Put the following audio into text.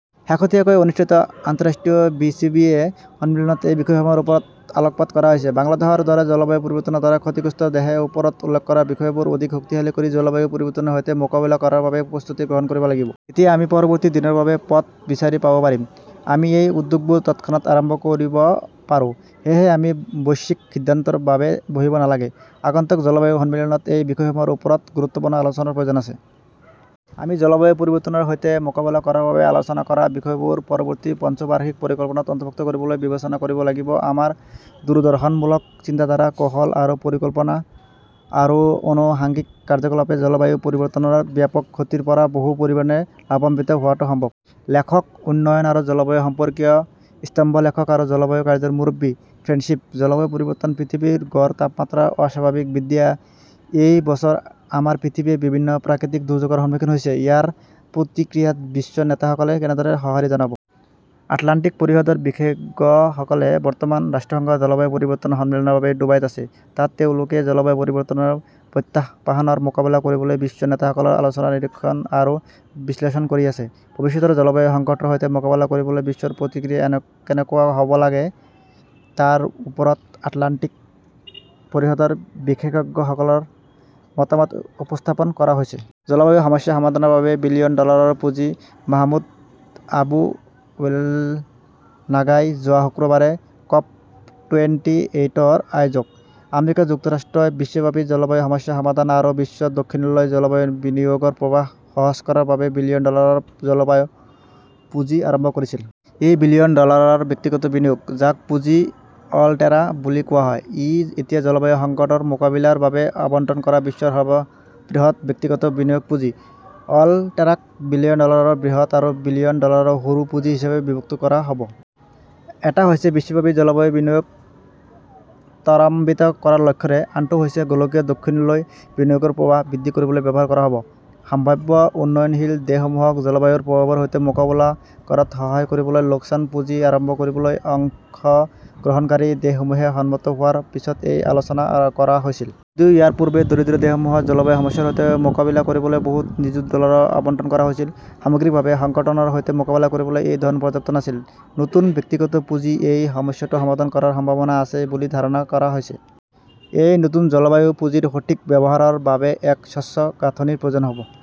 শেহতীয়াকৈ অনুষ্ঠিত আন্তঃৰাষ্ট্ৰীয় চি বি এ সন্মিলনত এই বিষয়সমূহৰ ওপৰত আলোকপাত কৰা হৈছে। বাংলাদেশৰ দৰে জলবায়ু পৰিৱৰ্তনৰ দ্বাৰা ক্ষতিগ্ৰস্ত দেশে ওপৰত উল্লেখ কৰা বিষয়বোৰ অধিক শক্তিশালী কৰি জলবায়ু পৰিৱৰ্তনৰ সৈতে মোকাবিলা কৰাৰ বাবে প্ৰস্তুতি গ্ৰহণ কৰিব লাগিব। তেতিয়া আমি পৰৱৰ্তী দিনৰ বাবে পথ বিচাৰি পাব পাৰিম। আমি এই উদ্যোগবোৰ তৎক্ষণাত আৰম্ভ কৰিব পাৰোঁ। সেয়েহে আমি বৈশ্বিক সিদ্ধান্তৰ বাবে বহিব নালাগে। আগন্তুক জলবায়ু সন্মিলনত এই বিষয়সমূহৰ ওপৰত গুৰুত্বপূৰ্ণ আলোচনাৰ প্ৰয়োজন আছে। আমি জলবায়ু পৰিৱৰ্তনৰ সৈতে মোকাবিলা কৰাৰ বাবে আলোচনা কৰা বিষয়বোৰ পৰৱৰ্তী পঞ্চবাৰ্ষিক পৰিকল্পনাত অন্তৰ্ভুক্ত কৰিবলৈ বিবেচনা কৰিব লাগিব। আমাৰ দূৰদৰ্শনমূলক চিন্তাধাৰা, কৌশল আৰু পৰিকল্পনা আৰু আনুষংগিক কাৰ্যকলাপে জলবায়ু পৰিৱৰ্তনৰ ব্যাপক ক্ষতিৰ পৰা বহু পৰিমাণে লাভান্বিত হোৱাটো সম্ভৱ। লেখকঃ উন্নয়ন আৰু জলবায়ু সম্পৰ্কীয় স্তম্ভলেখক আৰু জলবায়ু কাৰ্য্যৰ মুৰব্বী, ফ্ৰেণ্ডশ্বিপ। জলবায়ু পৰিৱৰ্তনঃ পৃথিৱীৰ গড় তাপমাত্ৰাৰ অস্বাভাৱিক বৃদ্ধি এই বছৰ আমাৰ পৃথিৱীয়ে বিভিন্ন প্ৰাকৃতিক দুৰ্যোগৰ সন্মুখীন হৈছে। ইয়াৰ প্ৰতিক্ৰিয়াত বিশ্ব নেতাসকলে কেনেদৰে সঁহাৰি জনাব? আটলাণ্টিক পৰিষদৰ বিশেষজ্ঞসকলে বৰ্তমান ৰাষ্ট্ৰসংঘৰ জলবায়ু পৰিৱৰ্তন সন্মিলনৰ বাবে ডুবাইত আছে। তাত তেওঁলোকে জলবায়ু পৰিৱৰ্তনৰ প্ৰত্যাহ্বানৰ মোকাবিলা কৰিবলৈ বিশ্ব নেতাসকলৰ আলোচনা নিৰীক্ষণ আৰু বিশ্লেষণ কৰি আছে। ভৱিষ্যতৰ জলবায়ু সংকটৰ সৈতে মোকাবিলা কৰিবলৈ বিশ্বৰ প্ৰতিক্ৰিয়া কেনেকুৱা হ'ব লাগে তাৰ ওপৰত আটলাণ্টিক পৰিষদৰ বিশেষজ্ঞসকলৰ মতামত উপস্থাপন কৰা হৈছে। জলবায়ু সমস্যা সমাধানৰ বাবে বিলিয়ন ডলাৰৰ পুঁজি মাহমুদ আবুৱেলনাগাই যোৱা শুক্ৰবাৰে, ক'প টুৱেন্টি এইটৰ আয়োজক, আমেৰিকা যুক্তৰাষ্ট্ৰই বিশ্বব্যাপী জলবায়ু সমস্যা সমাধান আৰু বিশ্ব দক্ষিণলৈ জলবায়ু বিনিয়োগৰ প্ৰবাহ সহজ কৰাৰ বাবে বিলিয়ন ডলাৰৰ জলবায়ু পুঁজি আৰম্ভ কৰিছিল। এই বিলিয়ন ডলাৰৰ ব্যক্তিগত বিনিয়োগ, যাক পুঁজি অলটেৰা বুলি কোৱা হয়, ই এতিয়া জলবায়ু সংকটৰ মোকাবিলাৰ বাবে আবণ্টন কৰা বিশ্বৰ সৰ্ববৃহৎ ব্যক্তিগত বিনিয়োগ পুঁজি। অলটেৰাক বিলিয়ন ডলাৰৰ বৃহৎ আৰু বিলিয়ন ডলাৰৰ সৰু পুঁজি হিচাপে বিভক্ত কৰা হ'ব। এটা হৈছে বিশ্বব্যাপী জলবায়ু বিনিয়োগ ত্বৰান্বিত কৰাৰ লক্ষ্যৰে, আনটো হৈছে গোলকীয় দক্ষিণলৈ বিনিয়োগৰ প্ৰৱাহ বৃদ্ধি কৰিবলৈ ব্যৱহাৰ কৰা হ'ব। সম্ভাৱ্য উন্নয়নশীল দেশসমূহক জলবায়ুৰ প্ৰভাৱৰ সৈতে মোকাবিলা কৰাত সহায় কৰিবলৈ লোকচান পুঁজি আৰম্ভ কৰিবলৈ অংশগ্ৰহণকাৰী দেশসমূহে সন্মত হোৱাৰ পিছত এই আলোচনা কৰা হৈছিল। যদিও ইয়াৰ পূৰ্বে দৰিদ্ৰ দেশসমূহত জলবায়ু সমস্যাৰ সৈতে মোকাবিলা কৰিবলৈ বহুত নিযুত ডলাৰ আবণ্টন কৰা হৈছিল, সামগ্ৰিকভাৱে সংকটৰ সৈতে মোকাবিলা কৰিবলৈ এই ধন পৰ্যাপ্ত নাছিল। নতুন ব্যক্তিগত পুঁজি এই সমস্যাটো সমাধান কৰাৰ সম্ভাৱনা আছে বুলি ধাৰণা কৰা হৈছে। এই নতুন জলবায়ু পুঁজিৰ সঠিক ব্যৱহাৰৰ বাবে এক স্বচ্ছ গাঁথনিৰ প্ৰয়োজন হ'ব।